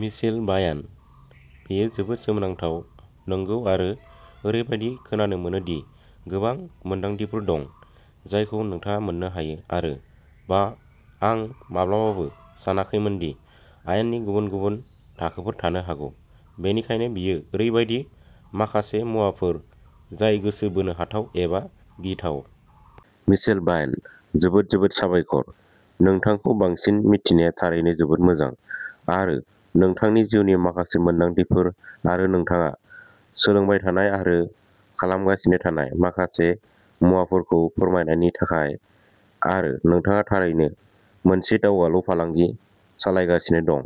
Michelle बायानः बेयो जोबोद सोमोनांथाव। नंगौ आरो ओरैबायदि खोनानो मोनो दि गोबां मोनदांथिफोर दं जायखौ नोंथाङा मोननो हायो आरो बाह, आं माब्लाबाबो सानाखैमोन दि आयेननि गुबुन-गुबुन थाखोफोर थानो हागौ। बेनिखायनो बेयो ओरैबायदि माखासे मुवाफोर जाय गोसो बोनो हाथाव एबा गिथाव। मिशेल बायनः जोबोद जोबोद साबायखर। नोंथांखौ बांसिन मिथिनाया थारैनो जोबोद मोजां। आरो नोंथांनि जिउनि माखासे मोनदांथिफोर आरो नोंथाङा सोलोंबाय थानाय आरो खालामगासिनो थानाय माखासे मुवाफोरखौ फोरमायनायनि थाखाय आरो नोंथाङा थारैनो मोनसे दावगालु फालांगि सालायगासिनो दं,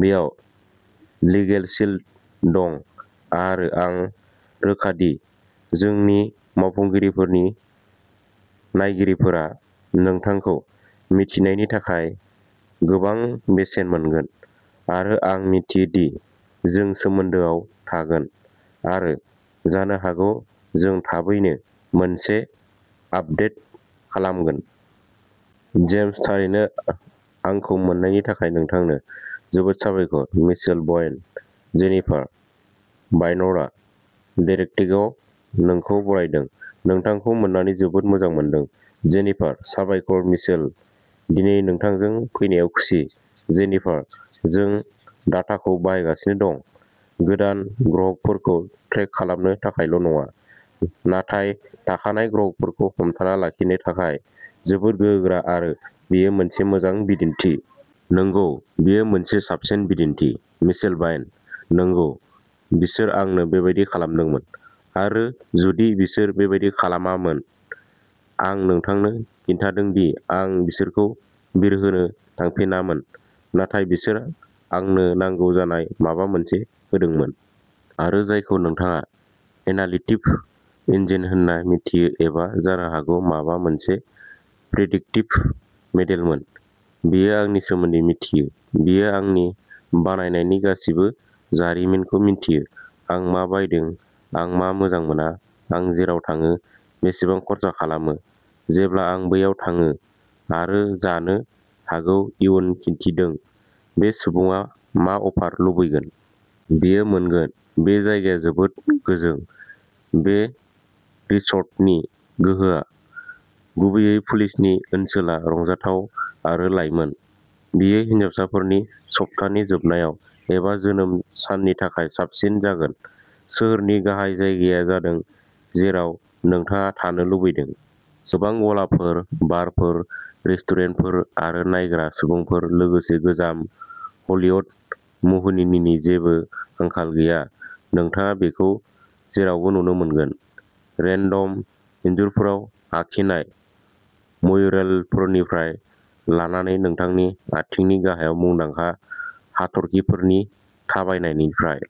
बेयाव लिगेलशील्ड दं आरो आं रोखा दि जोंनि मावफुंगिरिफोरनि नायगिरिफोरा नोंथांखौ मिथिनायनि थाखाय गोबां बेसेन मोनगोन आरो आं मिथियो दि जों सोमोन्दोआव थागोन आरो जानो हागौ जों थाबैनो मोनसे आपदेट खालामगोन। जेम्सः थारैनो। आंखौ मोननायनि थाखाय नोंथांनो जोबोद साबायखर। Michelle बायनः Jennifer. बायर्नआ डिरेकटेकआव नोंखौ बरायदों। नोंथांखौ मोननानै जोबोद मोजां मोनदों। जेनिफारः साबायखर, मिशेल। दिनै नोंथांजों फैनायाव खुसि। जेनिफारः जों डाटाखौ बाहायगासिनो दं, गोदान ग्राहकफोरखौ ट्रेक खालामनो थाखायल'नङा, नाथाय थाखानाय ग्राहकफोरखौ हमथाना लाखिनो थाखाय जोबोद गोहोगोरा आरो बेयो मोनसे मोजां बिदिन्थि। नंगौ, बेयो मोनसे साबसिन बिदिन्थि। मिशेल बायानः नंगौ, बिसोर आंनो बेबादि खालामदोंमोन। आरो जुदि बिसोर बेबादि खालामामोन। आं नोंथांनो खिन्थादों दि आं बिसोरखौ बिरहोनो थांफिनामोन नाथाय बिसोर आंनो नांगौ जानाय माबा मोनसे होदोंमोन। आरो जायखौ नोंथाङा एनालिटिक्स इन्जिन होन्ना मिथियो एबा जानो हागौ माबा मोनसे प्रेडिक्टिभ मडेलमोन, बेयो आंनि सोमोन्दै मिथियो, बेयो आंनि बायनायनि गासिबो जारिमिनखौ मिथियो, आं मा बायदों, आं मा मोजां मोना, आं जेराव थाङो, बेसेबां खर्सा खालामो, जेब्ला आं बैयाव थाङो आरो जानो हागौ इयुन खिन्थिदों, बे सुबुङा मा अफार लुबैगोन। बेयो मोनगोन। बे जायगाया जोबोद गोजों! बे रिसर्टनि गोहोआ, गुबैयै पुलनि ओनसोला, रंजाथाव आरो लाइमोन। बेयो हिनजावसाफोरनि सप्तानि जोबनायाव एबा जोनोम साननि थाखाय साबसिन जागोन। सोहोरनि गाहाय जायगाया जादों जेराव नोंथाङा थानो लुबैदों। गोबां गलाफोर, बारफोर, रेस्टुरेन्टफोर आरो नायग्रा सुबुंफोर। लोगोसे, गोजाम हलीवुड मुहिनिनि जेबो आंखाल गैया! नोंथाङा बेखौ जेरावबो नुनो मोनगोन, रेन्डम इन्जुरफोराव आखिनाय म्युरेलफोरनिफ्राय लानानै नोंथांनि आथिंनि गाहायाव मुंदांखा हाथरखिफोरनि थाबायनायनिफ्राय।